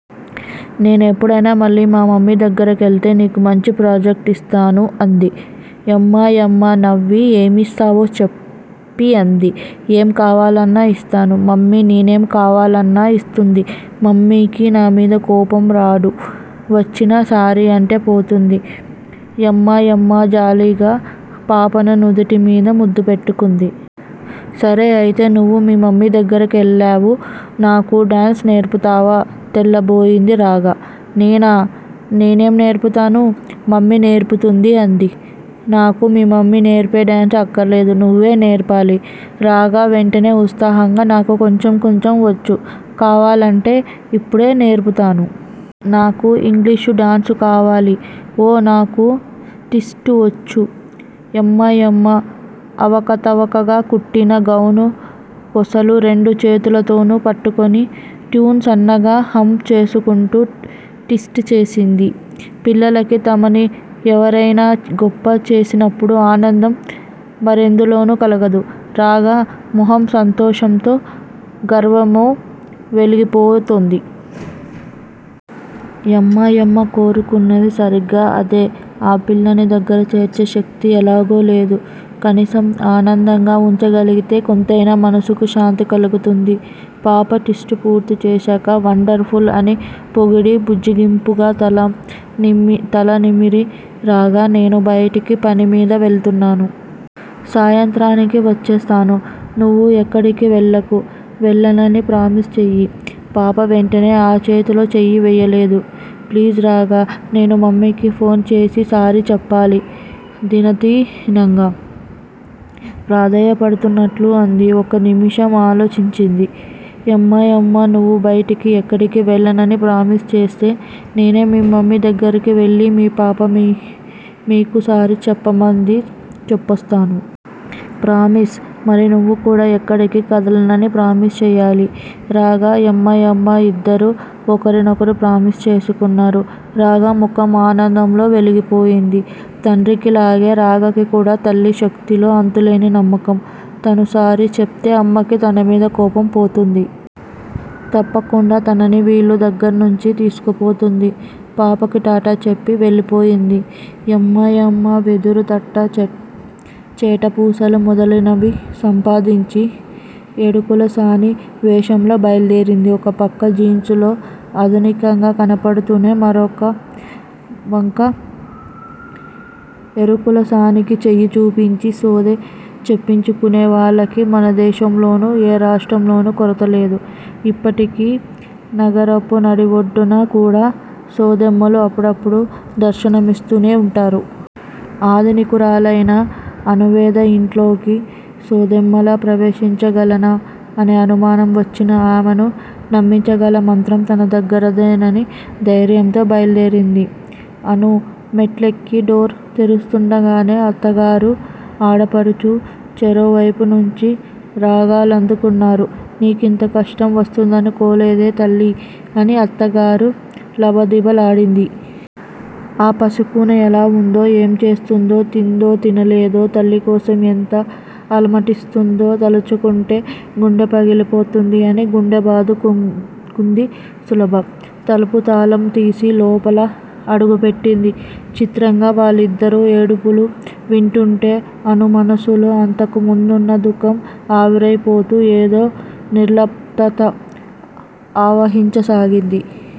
నేనెప్పుడైనా మళ్ళీ మా మమ్మీ దగ్గర కెళ్తే నీకు మంచి ప్రజెంట్ ఇస్తాను, అంది. యమ్మాయమ్మ నవ్వి ఏమిస్తావో చెప్పి అంది. ఏం కావాలన్నా యిస్తాను. మమ్మీ నేనేం కావాలన్నా యిస్తుంది. మమ్మికి నామీద కోపం రాడు. వచ్చినా సారీ అంటే పోతుంది యమ్మాయమ్మ జాలిగా పాపను నుదుటి మీద ముద్దు పెట్టుకుంది. సరే అయితే నువు మీ మమ్మీ దగ్గర కెళ్ళావు నాకు డాన్సు నేర్పుతావా? తెల్లబోయింది రాగ. నేనా? నేనేం నేర్పుతాను. మమ్మీ నేర్పుతుంది. అంది. నాకు మీ మమ్మీ నేర్పే డాన్సు అక్కరలేదు. నువే నేర్పాలి రాగ వెంటనే ఉత్సాహంగా. నాకు కొంచెం కొంచెం వొచ్చు కావాలంటే ఇప్పుడే నేర్పుతాను. నాకు ఇంగ్లీషు డాన్సు కావాలి. ఓ! నాకు టిస్ట్ ఒచ్చు యమ్మాయమ్మ అవకతవకగా కుట్టిన గౌను కొసలు రెండు చేతులతోనూ పట్టుకుని ట్యూన్ సన్నగా హమ్ చేసుకుంటూ టిస్ట్ చేసింది. పిల్లలకి తమని ఎవరేనా గొప్ప చేసినపుడు అనందం మరెందులోనూ కలగదు. రాగ మొహం సంతోషంతో, గర్వమ్తో వెలిగిపోతోంది. యమ్మాయమ్మ కోరుకున్నది సరిగ్గా అదే ఆ పిల్లని దగ్గర చేర్చే శక్తి ఎలాగూ లేదు. కనీసం ఆనందంగా వుంచగలిగితే కొంతైనా మనసుకి శాంతి కలుగుతుంది. పాప టిస్ట్ పూర్తీ చేశాక వండర్ ఫుల్ అని పొగిడి బుజ్జగింపుగా తల నిమ్, నిమిరి, రాగా! నేను బయటికి పని మీద వెళ్తున్నాను. సాయంత్రానికి వచ్చేస్తాను. నువు ఎక్కడికి వేళ్ళకు. వెళ్ళనని ప్రామిస్ చెయ్యి. పాప వెంటనే ఆ చేతిలో చెయ్యి వెయ్యలేదు. ప్లీజ్ రాగా! నేను మమ్మికి ఫోన్ చేసి సారీ చెప్పాలి దినాతిదీనంగా ప్రాధేయపడుతున్నట్లు అంది. ఒక్క నిమిషం ఆలోచించింది యమ్మాయమ్మ. నువు బయటికి ఎక్కడికి వెళ్ళనని ప్రామిస్ చేస్తే నేనే మీ మమ్మీ దగ్గరికి వెళ్ళి మీ పాప మీకు సారీ చెప్పమంది అని చెప్పోస్తాను. ప్రామిస్? మరి నువు కూడా ఎక్కడికి కదలనని ప్రామిస్ చెయ్యాలి. రాగ యమ్మాయమ్మ యిద్దరూ ఒకరినొకరు ప్రామిస్ చేసుకున్నారు రాగ ముఖం ఆనందంతో వెలిగిపోయింది. తండ్రికి లాగే రాగకి కూడా తల్లి శక్తిలో అంతులేని నమ్మకం. తను సారీ చెప్తే అమ్మకి తనమీద కోపం పోతుంది. తప్పకుండా తనని వీళ్ళ దగ్గర్నుంచి తీసుకుపోతుంది. పాపకి టాటా చెప్పి వెళ్ళిపోయింది యమ్మాయమ్మ. వెదురు తట్ట, చేట, పూసలు మొదలినవి సంపాదించి ఎడుకులసాని వేషంలో బయల్దేరింది. ఒకపక్క జీన్సులో ఆధునికంగా కనపడుతూనే మరో వంక ఎరుకులసానికి చెయ్యి చూపించి సోదె చెప్పించుకునే వాళ్ళకి మనదేశంలోను, ఏ రాష్ట్రంలోను కొరత లేదు ఇప్పటికి నగరపు నడిబొడ్డున కూడా సోదెమ్మలు అప్పుడప్పుడు దర్శనమిస్తూనే వుంటారు. ఆధునికురాలైన అణువేద యింట్లోకి సోదేమ్మలా ప్రవేశించగలనా అనే అనుమానం వచ్చినా ఆమెను నమ్మించగల మంత్రం తన దగ్గిరుందనే ధైర్యంతో బయల్దేరింది. అణు మెట్లెక్కి డోర్ తెరుస్తుండగానే అత్తగారూ, ఆడపడుచు చెరో వైపు నుంచి రాగాలందుకున్నారు. నీకింత కష్టం వస్తుందనుకోలేదే తల్లి! అని అత్తగారు లబదిబ లాడింది. ఆ పసికూన ఎలా వుందో? ఏం చేస్తోందో? తిందో తినలేదో? తల్లికోసం ఎంత అలమటిస్తుందో? తలచుకుంటే గుండె పగిలిపోతోంది అని గుండె బాదుకుంది సులభ. తలుపు తాళం తీసి లోపల అడుగు పెట్టింది. చిత్రంగా వాళ్ళిద్దరూ ఏడుపులు వింటుంటే అణు మనసులో అంతకుముందున్న దుఖం ఆవిరైపోతూ ఏదో నిర్లిప్తత ఆవహించసాగింది.